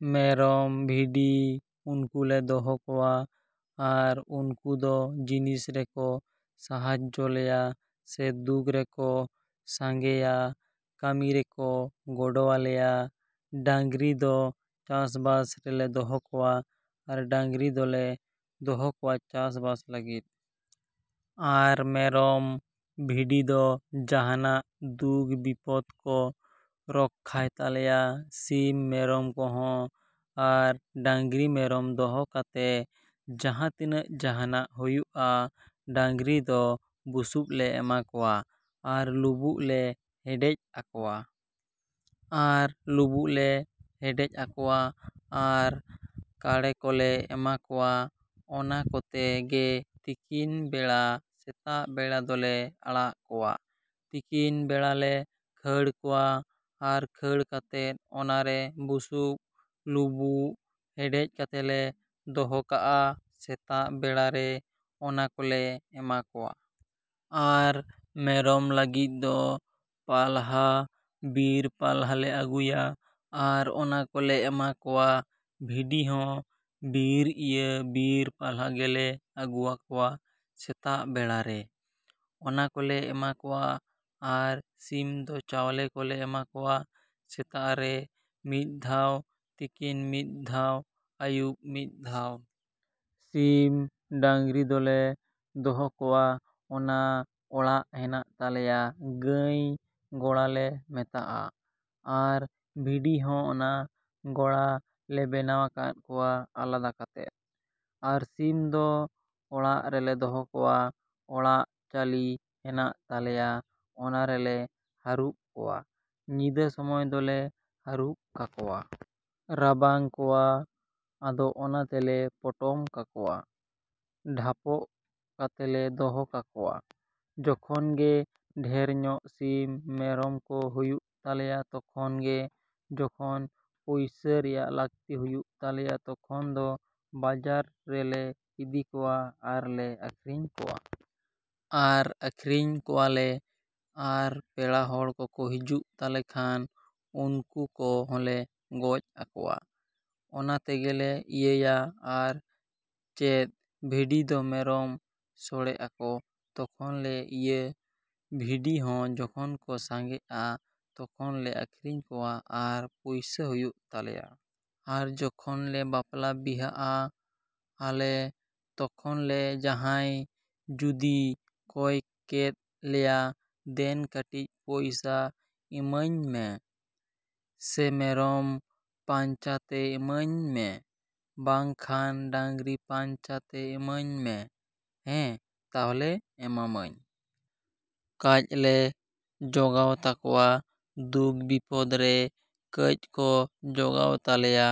ᱢᱮᱨᱚᱢ, ᱵᱷᱤᱰᱤ ᱩᱱᱠᱩ ᱞᱮ ᱫᱚᱦᱚ ᱠᱚᱣᱟ᱾ ᱟᱨ ᱩᱱᱠᱩ ᱫᱚ ᱡᱤᱱᱤᱥ ᱨᱮᱠᱚ ᱥᱟᱦᱟᱡᱡᱳ ᱞᱮᱭᱟ ᱥᱮ ᱫᱩᱠ ᱨᱮᱠᱚ ᱥᱟᱸᱜᱮᱭᱟ, ᱠᱟᱹᱢᱤ ᱨᱮᱠᱚ ᱜᱚᱲᱚᱣᱟᱞᱮᱭᱟ᱾ ᱰᱟᱝᱨᱤ ᱫᱚ ᱪᱟᱥᱵᱟᱥ ᱨᱮᱞᱮ ᱫᱚᱦᱚ ᱠᱚᱣᱟ᱾ ᱟᱨ ᱰᱟᱝᱨᱤ ᱫᱚᱞᱮ ᱫᱚᱦᱚ ᱠᱚᱣᱟ ᱪᱟᱥᱵᱟᱥ ᱞᱟᱹᱜᱤᱫ᱾ ᱟᱨ ᱢᱮᱨᱚᱢ, ᱵᱷᱤᱰᱤ ᱫᱚ ᱡᱟᱸᱦᱟᱱᱟᱜ ᱫᱩᱠ ᱵᱤᱯᱚᱫ ᱠᱚ ᱨᱚᱠᱠᱷᱟᱭ ᱛᱟᱞᱮᱭᱟ, ᱥᱤᱢ ᱢᱮᱨᱚᱢ ᱠᱚᱦᱚᱸ᱾ ᱟᱨ ᱰᱟᱝᱨᱤ ᱢᱮᱨᱚᱢ ᱫᱚᱦᱚ ᱠᱟᱛᱮ ᱡᱟᱦᱟᱸ ᱛᱤᱱᱟᱹᱜ ᱡᱟᱸᱦᱟᱱᱟᱜ ᱦᱩᱭᱩᱜᱼᱟ, ᱰᱟᱝᱨᱤ ᱫᱚ ᱵᱩᱥᱩᱵ ᱞᱮ ᱮᱢᱟ ᱠᱚᱣᱟ, ᱟᱨ ᱞᱩᱵᱩᱜ ᱞᱮ ᱦᱮᱰᱮᱡ ᱟᱠᱚᱣᱟ᱾ ᱟᱨ ᱞᱩᱵᱩᱜ ᱞᱮ ᱦᱮᱰᱮᱡ ᱟᱠᱚᱣᱟ᱾ ᱟᱨ ᱠᱟᱲᱮ ᱠᱚᱞᱮ ᱮᱢᱟ ᱠᱚᱣᱟ᱾ ᱚᱱᱟ ᱠᱚᱛᱮ ᱜᱮ ᱛᱤᱠᱤᱱ ᱵᱮᱲᱟ, ᱥᱮᱛᱟᱜ ᱵᱮᱲᱟ ᱫᱚᱞᱮ ᱟᱲᱟᱜ ᱠᱚᱣᱟ, ᱛᱤᱠᱤᱱ ᱵᱮᱲᱟ ᱞᱮ ᱠᱷᱟᱹᱲ ᱠᱚᱣᱟ᱾ ᱟᱨ ᱠᱷᱟᱹᱲ ᱠᱟᱛᱮᱫ ᱚᱱᱟ ᱨᱮ ᱵᱩᱥᱩᱵ, ᱞᱩᱵᱩᱜ ᱦᱮᱰᱮᱡ ᱠᱟᱛᱮ ᱞᱮ ᱫᱚᱦᱚ ᱠᱟᱜᱼᱟ ᱥᱮᱛᱟᱜ ᱵᱮᱲᱟ ᱨᱮ, ᱚᱱᱟ ᱠᱚᱞᱮ ᱮᱢᱟ ᱠᱚᱣᱟ᱾ ᱟᱨ ᱢᱮᱨᱚᱢ ᱞᱟᱹᱜᱤᱫ ᱫᱚ ᱯᱟᱞᱦᱟ, ᱵᱤᱨ ᱯᱟᱞᱦᱟ ᱞᱮ ᱟᱹᱜᱩᱭᱟ᱾ ᱟᱨ ᱚᱱᱟ ᱠᱚᱞᱮ ᱮᱢᱟ ᱠᱚᱣᱟ, ᱵᱷᱤᱰᱤ ᱦᱚᱸ, ᱵᱤᱨ, ᱤᱭᱟᱹ ᱵᱤᱨ ᱯᱟᱞᱦᱟ ᱜᱮᱞᱮ ᱟᱹᱜᱩᱣᱟᱠᱚᱣᱟ ᱥᱮᱛᱟᱜ ᱵᱮᱲᱟ ᱨᱮ, ᱚᱱᱟ ᱠᱚᱞᱮ ᱮᱢᱟ ᱠᱚᱣᱟ᱾ ᱟᱨ ᱥᱤᱢ ᱫᱚ ᱪᱟᱣᱞᱮ ᱠᱚᱞᱮ ᱮᱢᱟ ᱠᱚᱣᱟ, ᱥᱮᱛᱟᱜ ᱨᱮ ᱢᱤᱫ ᱫᱷᱟᱣ, ᱛᱤᱠᱤᱱ ᱢᱤᱫ ᱫᱷᱟᱣ, ᱟᱹᱭᱩᱵ ᱢᱤᱫ ᱫᱷᱟᱣ᱾ ᱥᱤᱢ, ᱰᱟᱝᱨᱤ ᱫᱚᱞᱮ ᱫᱚᱦᱚ ᱠᱚᱣᱟ ᱚᱱᱟ ᱚᱲᱟᱜ ᱦᱮᱱᱟᱜ ᱛᱟᱞᱮᱭᱟ, ᱜᱟᱹᱭ ᱜᱚᱲᱟ ᱞᱮ ᱢᱮᱛᱟᱜᱼᱟ᱾ ᱟᱨ ᱵᱷᱤᱲᱤ ᱦᱚᱸ ᱚᱱᱟ ᱜᱚᱲᱟ ᱞᱮ ᱵᱮᱱᱟᱣ ᱟᱠᱟᱫ ᱠᱚᱣᱟ, ᱟᱞᱟᱫᱟ ᱠᱟᱛᱮᱫ᱾ ᱟᱨ ᱥᱤᱢ ᱫᱚ ᱚᱲᱟᱜ ᱨᱮᱞᱮ ᱫᱚᱦᱚ ᱠᱚᱣᱟ᱾ ᱚᱲᱟᱜ ᱪᱟᱹᱞᱤ ᱦᱮᱱᱟᱜ ᱛᱟᱞᱮᱭᱟ, ᱚᱱᱟ ᱨᱮᱞᱮ ᱦᱟᱹᱨᱩᱯ ᱠᱚᱣᱟ, ᱧᱤᱫᱟᱹ ᱥᱚᱢᱚᱭ ᱫᱚᱞᱮ ᱦᱟᱹᱨᱩᱯ ᱠᱟᱠᱚᱣᱟ᱾ ᱨᱟᱵᱟᱝ ᱠᱚᱣᱟ, ᱟᱫᱚ ᱚᱱᱟ ᱛᱮᱞᱮ ᱯᱚᱴᱚᱢ ᱠᱟᱠᱚᱣᱟ᱾ ᱰᱷᱟᱯᱚᱜ ᱠᱟᱛᱮᱞᱮ ᱫᱚᱦᱚ ᱠᱟᱠᱚᱣᱟ᱾ ᱡᱚᱠᱷᱚᱱ ᱜᱮ ᱰᱷᱮᱨ ᱧᱚᱜ ᱥᱤᱢ, ᱢᱮᱨᱚᱢ ᱠᱚ ᱦᱩᱭᱩᱜ ᱛᱟᱞᱮᱭᱟ᱾ ᱛᱚᱠᱷᱚᱱ ᱜᱮ, ᱡᱚᱠᱷᱚᱱ ᱯᱚᱭᱥᱟ ᱨᱮᱭᱟᱜ ᱞᱟᱹᱠᱛᱤ ᱦᱩᱭᱩᱜ ᱛᱟᱞᱮᱭᱟ, ᱛᱚᱠᱷᱚᱱ ᱫᱚ ᱵᱟᱡᱟᱨ ᱨᱮᱞᱮ ᱤᱫᱤ ᱠᱚᱣᱟ, ᱟᱨ ᱞᱮ ᱟᱹᱠᱷᱨᱤᱧ ᱠᱚᱣᱟ᱾ ᱟᱨ ᱟᱠᱷᱨᱤᱧ ᱠᱚᱣᱟ ᱞᱮ ᱟᱨ ᱯᱮᱲᱟ ᱦᱚᱲ ᱠᱚᱠᱚ ᱦᱤᱡᱩᱜ ᱛᱟᱞᱮ ᱠᱷᱟᱱ ᱩᱱᱠᱩ ᱠᱚ ᱦᱚᱸᱞᱮ ᱜᱚᱡ ᱟᱠᱚᱣᱟ᱾ ᱚᱱᱟ ᱛᱮᱜᱮᱞᱮ ᱤᱭᱟᱹᱭᱟ᱾ ᱟᱨ ᱪᱮᱫ ᱵᱷᱤᱰᱤ ᱫᱚ ᱢᱮᱨᱚᱢ ᱥᱚᱲᱮᱜ ᱟᱠᱚ, ᱛᱚᱠᱷᱚᱱ ᱞᱮ ᱤᱭᱟᱹ ᱵᱷᱤᱰᱤ ᱦᱚᱸ ᱡᱚᱠᱷᱚᱱ ᱠᱚ ᱥᱟᱸᱜᱮᱜᱼᱟ ᱛᱚᱠᱷᱚᱱ ᱞᱮ ᱟᱠᱷᱨᱤᱧ ᱠᱚᱣᱟ, ᱟᱨ ᱯᱚᱭᱥᱟ ᱦᱩᱭᱩᱜ ᱛᱟᱞᱮᱭᱟ᱾ ᱟᱨ ᱡᱚᱠᱷᱚᱱ ᱞᱮ ᱵᱟᱯᱞᱟ ᱵᱤᱦᱟᱹᱜᱼᱟ ᱟᱞᱮ ᱛᱚᱠᱷᱚᱱ ᱞᱮ ᱡᱟᱦᱟᱸᱭ ᱡᱩᱫᱤᱭ ᱠᱚᱭ ᱠᱮᱫ ᱞᱮᱭᱟ ᱫᱮᱱ ᱠᱟᱹᱴᱤᱡ ᱯᱚᱭᱥᱟ ᱤᱢᱟᱹᱧ ᱢᱮ᱾ ᱥᱮ ᱢᱮᱨᱚᱢ ᱯᱟᱧᱪᱟ ᱛᱮ ᱤᱢᱟᱹᱧ ᱢᱮ᱾ ᱵᱟᱝᱠᱷᱟᱱ ᱰᱟᱝᱨᱤ ᱯᱟᱧᱪᱟ ᱛᱮ ᱤᱢᱟᱹᱧ ᱢᱮ᱾ ᱦᱮᱸ ᱛᱟᱦᱞᱮ ᱮᱢᱟᱢᱟᱹᱧ᱾ ᱠᱟᱡ ᱞᱮ ᱡᱚᱜᱟᱣ ᱛᱟᱠᱚᱣᱟ᱾ ᱫᱩᱠ ᱵᱤᱯᱚᱫ ᱨᱮ ᱠᱟᱡ ᱠᱚ ᱡᱚᱜᱟᱣ ᱛᱟᱞᱮᱭᱟ,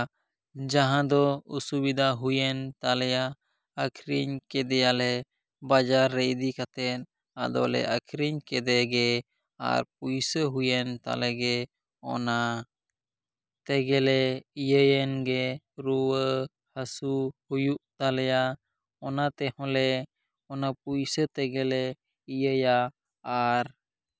ᱡᱟᱦᱟᱸ ᱫᱚ ᱚᱥᱩᱵᱤᱫᱷᱟ ᱦᱩᱭᱮᱱ ᱛᱟᱞᱮᱭᱟ, ᱟᱠᱷᱨᱤᱧ ᱠᱮᱫᱮᱭᱟᱞᱮ ᱵᱟᱡᱟᱨ ᱨᱮ ᱤᱫᱤ ᱠᱟᱛᱮᱫ᱾ ᱟᱫᱚ ᱞᱮ ᱟᱠᱷᱨᱤᱧ ᱠᱮᱫᱮ ᱜᱮ ᱟᱨ ᱯᱚᱭᱥᱟ ᱦᱩᱭᱮᱱ ᱛᱟᱞᱮ ᱜᱮ, ᱚᱱᱟ ᱛᱮᱜᱮ ᱞᱮ ᱤᱭᱟᱹᱭᱮᱱ ᱜᱮ, ᱨᱩᱣᱟᱹ ᱦᱟᱥᱩ ᱦᱩᱭᱩᱜ ᱛᱟᱞᱮᱭᱟ, ᱚᱱᱟ ᱛᱮᱦᱚᱸ ᱞᱮ, ᱚᱱᱟ ᱯᱚᱭᱥᱟ ᱛᱮᱜᱮ ᱞᱮ ᱤᱭᱟᱹᱭᱟ ᱟᱨ